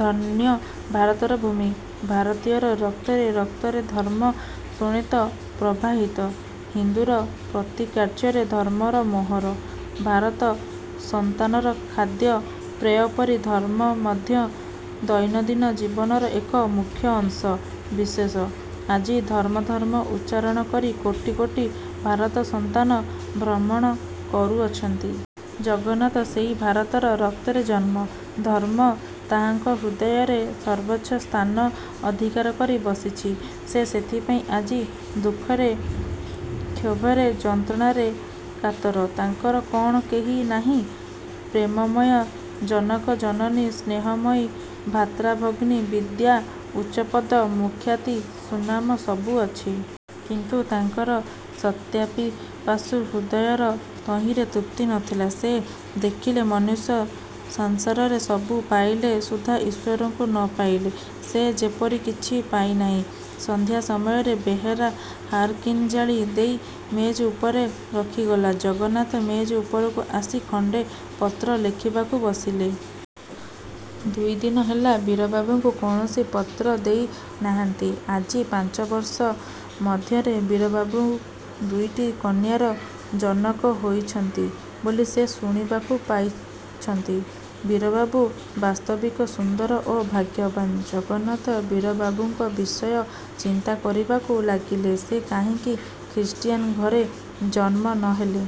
ଧନ୍ୟ ଭାରତର ଭୂମି! ଭାରତୀୟର ରକ୍ତରେ ରକ୍ତରେ ଧର୍ମ ଶୋଣିତ ପ୍ରବାହିତ। ହିନ୍ଦୁର ପ୍ରତିକାର୍ଯ୍ୟରେ ଧର୍ମର ମୋହର। ଭାରତ ସନ୍ତାନର ଖାଦ୍ୟ ପେୟ ପରି ଧର୍ମ ମଧ୍ୟ ଦୈନନ୍ଦିନ ଜୀବନର ଏକ ମୁଖ୍ୟ ଅଂଶ ବିଶେଷ। ଆଜି ଧର୍ମ ଧର୍ମ ଉଚ୍ଚାରଣ କରି କୋଟି କୋଟି ଭାରତ ସନ୍ତାନ ଭ୍ରମଣ କରୁଅଛନ୍ତି। ଜଗନ୍ନାଥ ସେହି ଭାରତର ରକ୍ତରେ ଜନ୍ମ। ଧର୍ମ ତାହାଙ୍କ ହୃଦୟରେ ସର୍ବୋଚ୍ଚ ସ୍ଥାନ ଅଧିକାର କରି ବସିଛି। ସେ ସେଥିପାଇଁ ଆଜି ଦୁଃଖରେ, କ୍ଷୋଭରେ ଯନ୍ତ୍ରଣାରେ କାତର। ତାଙ୍କର କଣ କେହି ନାହିଁ। ପ୍ରେମମୟ ଜନକ ଜନନୀ, ସ୍ନେହମୟ ଭ୍ରାତାଭଗ୍ନୀ, ବିଦ୍ୟା, ଉଚ୍ଚପଦ ସୁଖ୍ୟାତି ସୁନାମ ସବୁ ଅଛି। କିନ୍ତୁ ତାଙ୍କର ସତ୍ୟପିପାସୁ ହୃଦୟର ତହିଁରେ ତୃପ୍ତି ନଥିଲା। ସେ ଦେଖିଲେ ମନୁଷ୍ୟ ସଂସାରରେ ସବୁ ପାଇଲେ ସୁଦ୍ଧା ଈଶ୍ୱରଙ୍କୁ ନ ପାଇଲେ ସେ ଯେପରି କିଛି ପାଇନାହିଁ। ସଂଧ୍ୟା ସମୟରେ ବେହେରା ହାରକିନି ଜାଳି ଦେଇ ମେଜ ଉପରେ ରଖିଗଲା। ଜଗନ୍ନାଥ ମେଜ ଉପରକୁ ଆସି ଖଣ୍ଡେ ପତ୍ର ଲେଖିବାକୁ ବସିଲେ। ଦୁଇଦିନ ହେଲା ବୀରବାବୁଙ୍କୁ କୌଣସି ପତ୍ର ଦେଇ ନାହାନ୍ତି। ଆଜି ପାଞ୍ଚ ବର୍ଷ ମଧ୍ୟରେ ବୀରବାବୁ ଦୁଇଟି କନ୍ୟାର ଜନକ ହୋଇଛନ୍ତି ବୋଲି ସେ ଶୁଣିବାକୁ ପାଇଛନ୍ତି। ବୀରବାକୁ ବାସ୍ତବିକ ସୁନ୍ଦର ଓ ଭାଗ୍ୟବାନ୍। ଜଗନ୍ନାଥ ବୀରବାବୁଙ୍କ ବିଷୟ ଚିନ୍ତା କରିବାକୁ ଲାଗିଲେ। ସେ କାହିଁକି ଖ୍ରୀଷ୍ଟିୟାନ୍ ଘରେ ଜନ୍ମ ନ ହେଲେ।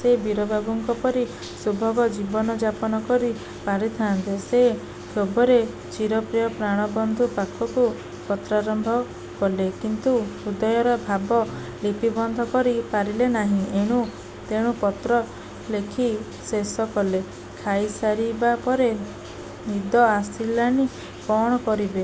ସେ ବୀରବାବୁଙ୍କ ପରି ଶୁଭଗ ଜୀବନ ଯାପନ କରି ପାରିଥାନ୍ତେ। ସେ କ୍ଷୋଭରେ ଚିରପ୍ରିୟ ପ୍ରାଣବନ୍ଧୁ ପାଖକୁ ପତ୍ରାରମ୍ଭ କଲେ। କିନ୍ତୁ ହୃଦୟର ଭାବ ଲିପିବଦ୍ଧ କରି ପାରିଲେ ନାହିଁ। ଏଣୁ ତେଣୁ ପତ୍ର ଲେଖି ଶେଷକଲେ। ଖାଇସାରିବା ପରେ ନିଦ ଆସିଲାନି। କଣ କରିବେ!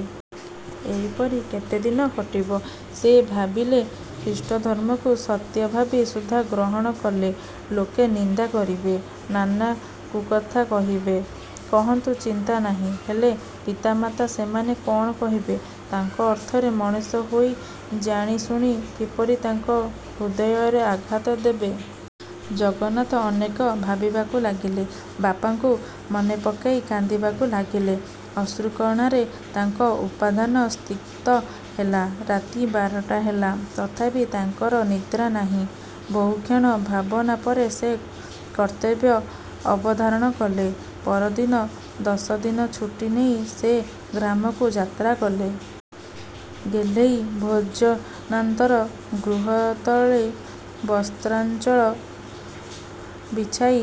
ଏହିପରି କେତେଦିନ କଟିବ? ସେ ଭାବିଲେ ଖ୍ରୀଷ୍ଟଧର୍ମକୁ ସତ୍ୟ ଭାବି ସୁଦ୍ଧା ଗ୍ରହଣ କଲେ ଲୋକେ ନିନ୍ଦା କରିବେ। ନାନା କୁକଥା କହିବେ। କହନ୍ତୁ ଚିନ୍ତାନାହିଁ। ହେଲେ ପିତାମାତା ସେମାନେ କଣ କହିବେ? ତାଙ୍କ ଅର୍ଥରେ ମଣିଷ ହୋଇ ଜାଣିଶୁଣି କିପରି ତାଙ୍କ ହୃଦୟରେ ଆଘାତ ଦେବେ? ଜଗନ୍ନାଥ ଅନେକ ଭାବିବାକୁ ଲାଗିଲେ। ବାପାଙ୍କୁ ମନେପକେଇ କାନ୍ଦିବାକୁ ଲାଗିଲେ। ଅଶ୍ରୁକଣାରେ ତାଙ୍କ ଉପାଧାନ ସ୍ତିକ୍ତ ହେଲା। ରାତି ବାରଟା ହେଲା। ତଥାପି ତାଙ୍କର ନିଦ୍ରା ନାହିଁ। ବହୁକ୍ଷଣ ଭାବନା ପରେ ସେ କର୍ତ୍ତବ୍ୟ ଅବଧାରଣ କଲେ। ପରଦିନ ଦଶଦିନ ଛୁଟି ନେଇ ସେ ଗ୍ରାମକୁ ଯାତ୍ରା କଲେ। ଗେହ୍ଲେଇ ଭୋଜନାନ୍ତର ଗୃହତଳେ ବସ୍ତ୍ରାଞ୍ଚଳ ବିଛାଇ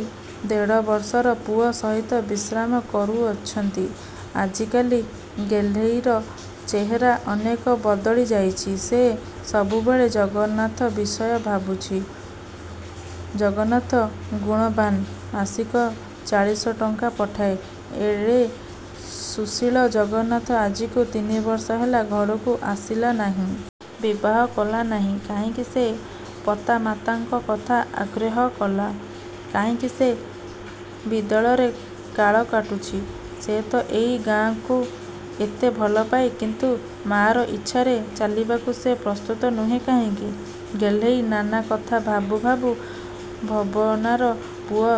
ଦେଢ଼ବର୍ଷର ପୁଅ ସହିତ ବିଶ୍ରାମ କରୁଅଛନ୍ତି। ଆଜିକାଲି ଗେହ୍ଲେଇର ଚେହେରା ଅନେକ ବଦଳି ଯାଇଚି। ସେ ସବୁବେଳେ ଜଗନ୍ନାଥ ବିଷୟ ଭାବୁଚି। ଜଗନ୍ନାଥ ଗୁଣବାନ୍। ମାସିକ ଚାଳିଶ ଟଙ୍କା ପଠାଏ। ଏଡ଼େ ସୁଶୀଳ ଜଗନ୍ନାଥ ଆଜିକୁ ତିନିବର୍ଷ ହେଲା ଘରକୁ ଆସିଲାନାହିଁ। ବିବାହ କଲା ନାହିଁ। କାହିଁକି ସେ ପତାମାତାଙ୍କ କଥା ଆଗ୍ରାହ୍ୟ କଲା! କାହିଁକି ସେ ବିଦେଳରେ କାଳ କାଟୁଚି? ସେ ତ ଏଇ ଗାଁଆକୁ ଏତେ ଭଲ ପାଏ। କିନ୍ତୁ ମାଆର ଇଛାରେ ଚାଲିବାକୁ ସେ ପ୍ରସ୍ତୁତ ନୁହେଁ କାହିଁକି? ଗେହ୍ଲେଇ ନାନା କଥା ଭାବୁ ଭାବୁ ଭୋବନାର ପୁଅ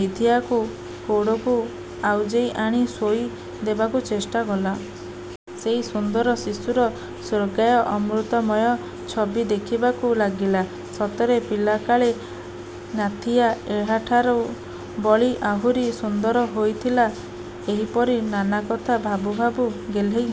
ନିଧିଆକୁ କୋଡ଼କୁ ଆଉଜେଇ ଆଣି ଶୋଇ ଦେବାକୁ ଚେଷ୍ଟା କଲା। ସେଇ ସୁନ୍ଦର ଶିଶୁର ସ୍ୱର୍ଗାୟ ଅମୃତମୟ ଛବି ଦେଖିବାକୁ ଲାଗିଲା। ସତରେ ପିଲାକାଳେ ନାଥିଆ ଏହାଠାରୁ ବଳି ଆହୁରି ସୁନ୍ଦର ହୋଇଥିଲା। ଏହିପରି ନାନାକଥା ଭାବୁ ଭାବୁ ଗେହ୍ଲେଇ